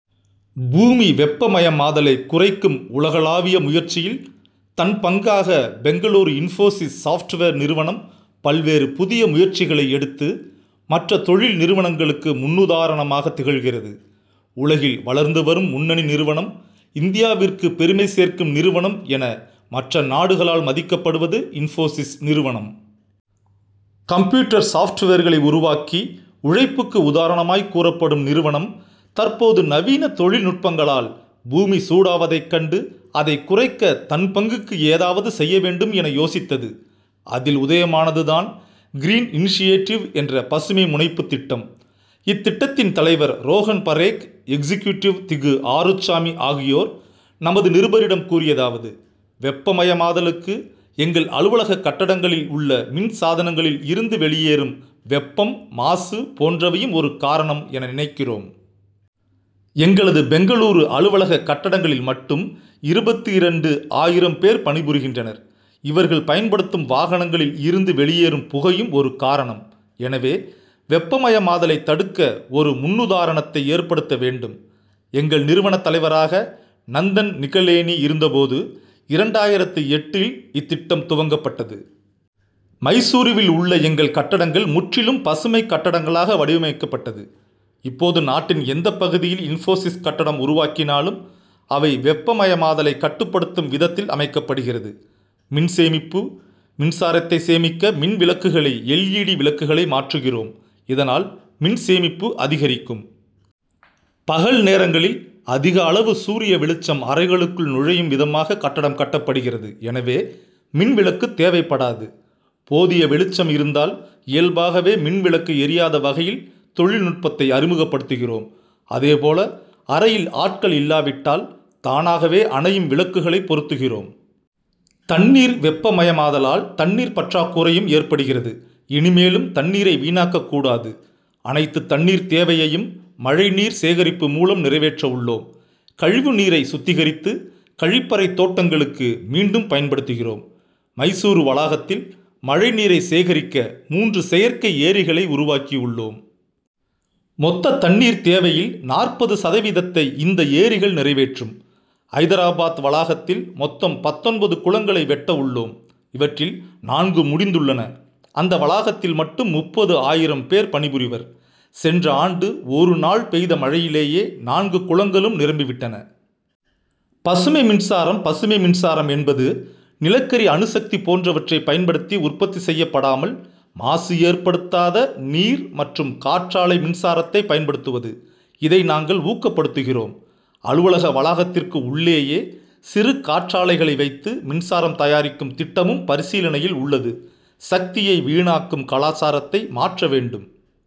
பூமி வெப்பமயமாதலை குறைக்கும் உலகளாவிய முயற்சியில் தன் பங்காக பெங்களூரு இன்போசிஸ் சாப்ட்வேர் நிறுவனம் பல்வேறு புதிய முயற்சிகளை எடுத்து. மற்ற தொழில் நிறுவனங்களுக்கு முன்னுதாரணமாக திகழ்கிறது. உலகில் வளர்ந்து வரும் முன்னணி நிறுவனம் இந்தியாவிற்கு பெருமை சேர்க்கும் நிறுவனம் என மற்ற நாடுகளால் மதிக்கப்படுவது இன்போசிஸ் நிறுவனம். கம்ப்யூட்டர் சாப்ட்வேர்களை உருவாக்கி உழைப்புக்கு உதாரணமாய் கூறப்படும் நிறுவனம் தற்போது நவீன தொழில்நுட்பங்களால் பூமி சூடாவதைக் கண்டு அதைக் குறைக்க தன் பங்குக்கு ஏதாவது செய்ய வேண்டும் என யோசித்தது. அதில் உதயமானது தான் கிரீன் இனிஷியேட்டிவ் என்ற பசுமை முனைப்பு திட்டம். இத்திட்டத்தின் தலைவர் ரோஹன் பரேக் எக்ஸ்கியூட்டிவ் திகு ஆறுச்சாமி ஆகியோர் நமது நிருபரிடம் கூறியதாவது வெப்பமயமாதலுக்கு எங்கள் அலுவலக கட்டடங்களில் உள்ள மின் சாதனங்களில் இருந்து வெளியேறும் வெப்பம் மாசு போன்றவையும் ஒரு காரணம் என நினைக்கிறோம். எங்களது பெங்களூரு அலுவலக கட்டடங்களில் மட்டும் இருபத்திரண்டு ஆயிரம் பேர் பணிபுரிகின்றனர். இவர்கள் பயன்படுத்தும் வாகனங்களில் இருந்து வெளியேறும் புகையும் ஒரு காரணம். எனவே வெப்பமயமாதலை தடுக்க ஒரு முன்னுதாரணத்தை ஏற்படுத்த வேண்டும். எங்கள் நிறுவன தலைவராக நந்தன் நிகலேனி இருந்தபோது இரண்டாயிரத்து எட்டு இல் இத்திட்டம் துவக்கப் பட்டது. மைசூருவில் உள்ள எங்கள் கட்டடங்கள் முற்றிலும் பசுமை கட்டடங்களாக வடிவமைக்கப் பட்டது. இப்போது நாட்டின் எந்த பகுதியில் இன்போசிஸ் கட்டடம் உருவாக்கினாலும் அவை வெப்பமயமாதலை கட்டுப்படுத்தும் விதத்தில் அமைக்கப்படுகிறது. மின் சேமிப்பு: மின்சாரத்தை சேமிக்க மின் விளக்குகளை எல். இ. டி. விளக்குகளை மாற்றுகிறோம். இதனால் மின் சேமிப்பு அதிகரிக்கும். பகல் நேரங்களில் அதிக அளவு சூரிய வெளிச்சம் அறைகளுக்குள் நுழையும் விதமாக கட்டடம் கட்டப்படுகிறது எனவே மின் விளக்கு தேவைப்படாது. போதிய வெளிச்சம் இருந்தால் இயல்பாகவே மின்விளக்கு எரியாத வகையில் தொழில்நுட்பத்தை அறிமுகப்படுத்துகிறோம். அதே போல அறையில் ஆட்கள் இல்லாவிட்டால் தானாகவே அணையும் விளக்குகளை பொருத்துகிறோம். தண்ணீர் வெப்பமயமாதலால் தண்ணீர் பற்றாகுறையும் ஏற்படுகிறது. இனிமேலும் தண்ணீரை வீணாக்க கூடாது. அனைத்து தண்ணீர் தேவையையும் மழை நீர் சேகரிப்பு மூலம் நிறைவேற்ற உள்ளோம். கழிவு நீரை சுத்திகரித்து, கழிப்பறை தோட்டங்களுக்கு மீண்டும் பயன்படுத்துகிறோம். மைசூரு வளாகத்தில் மழை நீரை சேகரிக்க மூன்று செயற்கை ஏரிகளை உருவாக்கி உள்ளோம். மொத்த தண்ணீர் தேவையில் நாற்பது சதவீதத்தை இந்த ஏரிகள் நிறைவேற்றும். ஐதராபாத் வளாகத்தில் மொத்தம் பத்தொன்பது குளங்களை வெட்ட உள்ளோம். இவற்றில் நான்கு முடிந்துள்ளன. அந்த வளாகத்தில் மட்டும் முப்பது ஆயிரம் பேர் பணிபுரிவர். சென்ற ஆண்டு ஒரு நாள் பெய்த மழையிலேயே நான்கு குளங்களும் நிரம்பி விட்டன. பசுமை மின்சாரம் பசுமை மின்சாரம் என்பது, நிலக்கரி அணுசக்தி போன்றவற்றை பயன்படுத்தி உற்பத்தி செய்யப்படாமல் மாசு ஏற்படுத்தாத நீர் மற்றும் காற்றாலை மின்சாரத்தை பயன்படுத்துவது. இதை நாங்கள் ஊக்கப்படுத்துகிறோம். அலுவலக வளாகத்திற்கு உள்ளேயே சிறு காற்றாலைகளை வைத்து மின்சாரம் தயாரிக்கும் திட்டமும் பரிசீலனையில் உள்ளது. சக்தியை வீணாக்கும் கலாசாரத்தை மாற்ற வேண்டும்.